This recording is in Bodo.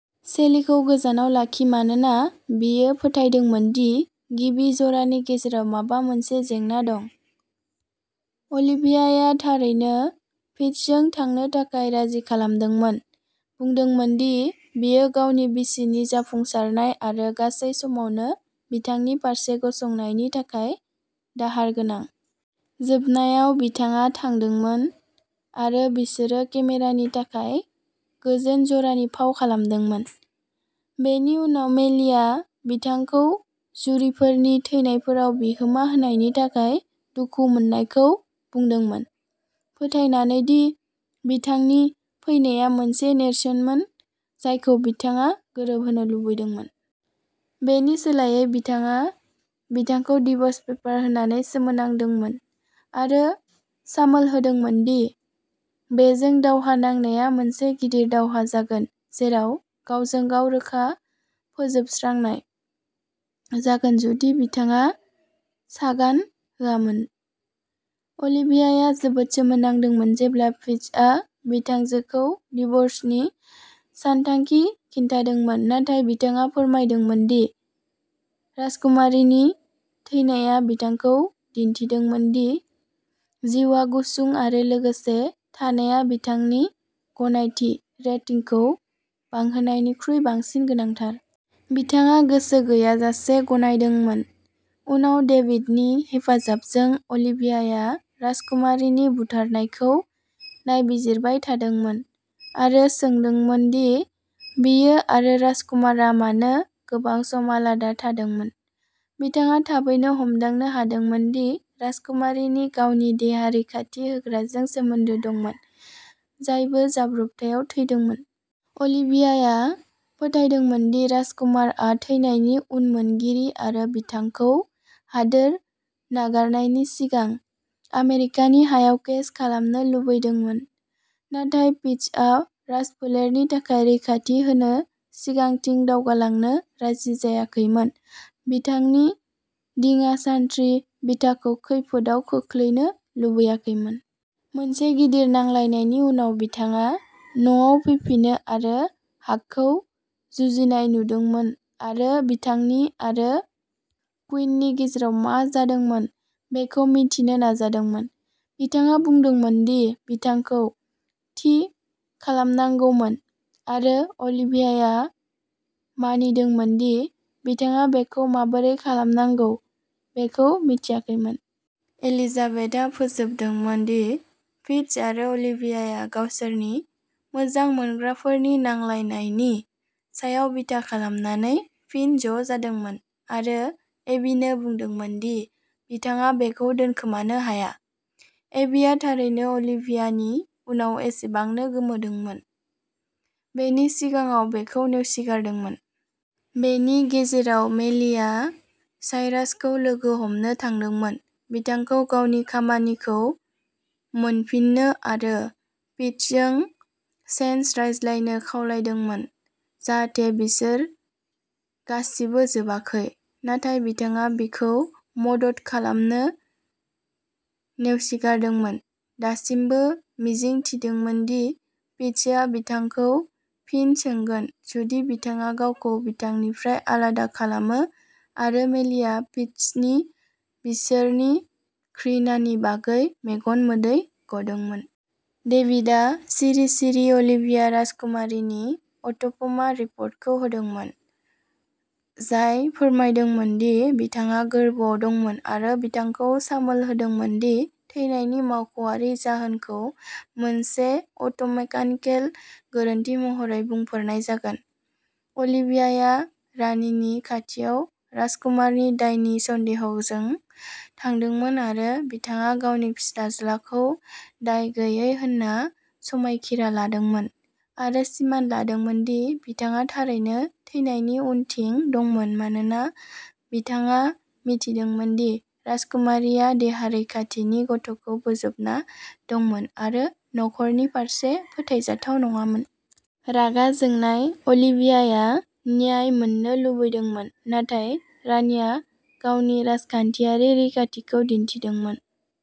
सेलिखौ गोजानाव लाखि मानोना बियो फोथायदोंमोन दि गिबि जरानि गेजेराव माबा मोनसे जेंना दं। अलिभियाया थारैनो फिट्जजों थांनो थाखाय राजि खालामदोंमोन बुंदोंमोन दि बियो गावनि बिसिनि जाफुंसारनाय आरो गासै समावनो बिथांनि फारसे गसंनायनि थाखाय "दाहार गोनां"। जोबनायाव बिथाङा थांदोंमोन आरो बिसोरो केमेरानि थाखाय गोजोन जरानि फाव खालामदोंमोन। बेनि उनाव मेलिआ बिथांखौ जुरीफोरनि थैनायफोराव बिहोमा होनायनि थाखाय दुखु मोन्नायखौ बुंदोंमोन फोथायनानै दि बिथांनि फैनाया मोनसे नेरसोनमोन जायखौ बिथाङा गोरोबहोनो लुबैदोंमोन। बेनि सोलायै बिथाङा बिथांखौ डिव'र्स पेपार होनानै सोमोनांदोंमोन आरो सामोल होदोंमोन दि बेजों दावहा नांनाया मोनसे गिदिर दावहा जागोन जेराव "गावजों-गाव रोखा फोजोबस्रांनाय" जागोन जुदि बिथाङा सागान होआमोन। अलिभियाया जोबोद सोमोनांदोंमोन जेब्ला फिट्जआ बिथांजोखौ डिव'र्सनि सानथांखि खिन्थादोंमोन नाथाय बिथाङा फोरमायदोंमोन दि राजकुमारीनि थैनाया बिथांखौ दिन्थिदोंमोन दि जिउआ गुसुं आरो लोगोसे थानाया बिथांनि गनायथि रेटिंखौ बांहोनायनिख्रुइ बांसिन गोनांथार। बिथाङा गोसो गैयाजासे गनायदोंमोन। उनाव डेभिडनि हेफाजाबजों अलिभियाया राजकुमारीनि बुथारनायखौ नायबिजिरबाय थादोंमोन आरो सोंदोंमोन दि बियो आरो राजकुमारआ मानो गोबां सम आलादा थादोंमोन। बिथाङा थाबैनो हमदांनो हादोंमोन दि राजकुमारीनि गावनि देहा रैखाथि होग्राजों सोमोन्दो दंमोन जायबो जाब्रबथायाव थैदोंमोन। अलिभियाया फोथायदोंमोन दि राजकुमारआ थैनायनि उनमोनगिरि आरो बिथांखौ हादोर नागारनायनि सिगां आमेरिकानि हायाव केस खालामनो लुबैदोंमोन नाथाय फिट्जआ राजफोलेरनि थाखाय रैखाथि होनो सिगांथिं दावगालांनो राजि जायाखैमोन बिथांनि दिङा सान्थ्रि बिथाखौ खैफोदआव खोख्लैनो लुबैयाखैमोन। मोनसे गिदिर नांलायनायनि उनाव बिथाङा न'आव फैफिनो आरो हाकखौ जुजिनाय नुदोंमोनआरो बिथांनि आरो क्विननि गेजेराव मा जादोंमोन बेखौ मिथिनो नाजादोंमोन। बिथाङा बुंदोंमोन दि बिथांखौ "थि" खालामनांगौमोन आरो अलिभियाया मानिदोंमोन दि बिथाङा बेखौ माबोरै खालामनांगौ बेखौ मिथियाखैमोन। एलिजाबेथआ फोजोबदोंमोन दि फिट्ज आरो अलिभियाया गावसोरनि "मोजां मोनग्राफोरनि नांलायनाय" नि सायाव बिथा खालामनानै फिन ज'जादोंमोन आरो एबीनो बुंदोंमोन दि बिथाङा बेखौ दोनखोमानो हाया। एबीआ थारैनो अलिभियानि उनाव एसेबांनो गोमोदोंमोन। बेनि सिगाङाव बेखौ नेवसिगारदोंमोन। बेनि गेजेराव मेलिआ साइरासखौ लोगो हमनो थांदोंमोन बिथांखौ गावनि खामानिखौ मोनफिन्नो आरो फिट्जजों "सेन्स" रायज्लायनो खावलायदोंमोन जाहाथे बिसोर "गासिबो जोबाखै"। नाथाय बिथाङा बिखौ मदद खालामनो नेवसिगारदोंमोन दासिमबो मिजिं थिदोंमोन दि फिट्जआ बिथांखौ फिन सोंगोन जुदि बिथाङा गावखौ बिथांनिफ्राय आलादा खालामो आरो मेलिआ फिट्जनि बिसोरनि "र्किणा" नि बागै मेगन मोदै गदोंमोन। डेभिडआ सिरि सिरि अलिभिया राजकुमारीनि अट'प'मा रिपर्टखौ होदोंमोन जाय फोरमायदोंमोन दि बिथाङा गोर्बोआव दंमोन आरो बिथांखौ सामोल होदोंमोन दि थैनायनि मावख'आरि जाहोनखौ मोनसे अट'मेकानिकेल गोरोन्थि महरै बुंफोरनाय जागोन। अलिभियाया रानीनि खाथियाव राजकुमारनि दायनि सन्देहजों थांदोंमोन आरो बिथाङा गावनि फिसाज्लाखौ दाय गैयै होन्ना समायखिरा लादोंमोन आरो सिमान लादोंमोन दि बिथाङा थारैनो थैनायनि उनथिं दंमोन मानोना बिथाङा मिथिदोंमोन दि राजकुमारीया देहा रैखाथिनि गथ'खौ बोजबना दंमोन आरो न'खरनि फारसे फोथायजाथाव नङामोन। रागा जोंनाय अलिभियाया "न्याय" मोन्नो लुबैदोंमोन नाथाय रानीया गावनि राजखानथियारि रैखाथिखौ दिन्थिदोंमोन।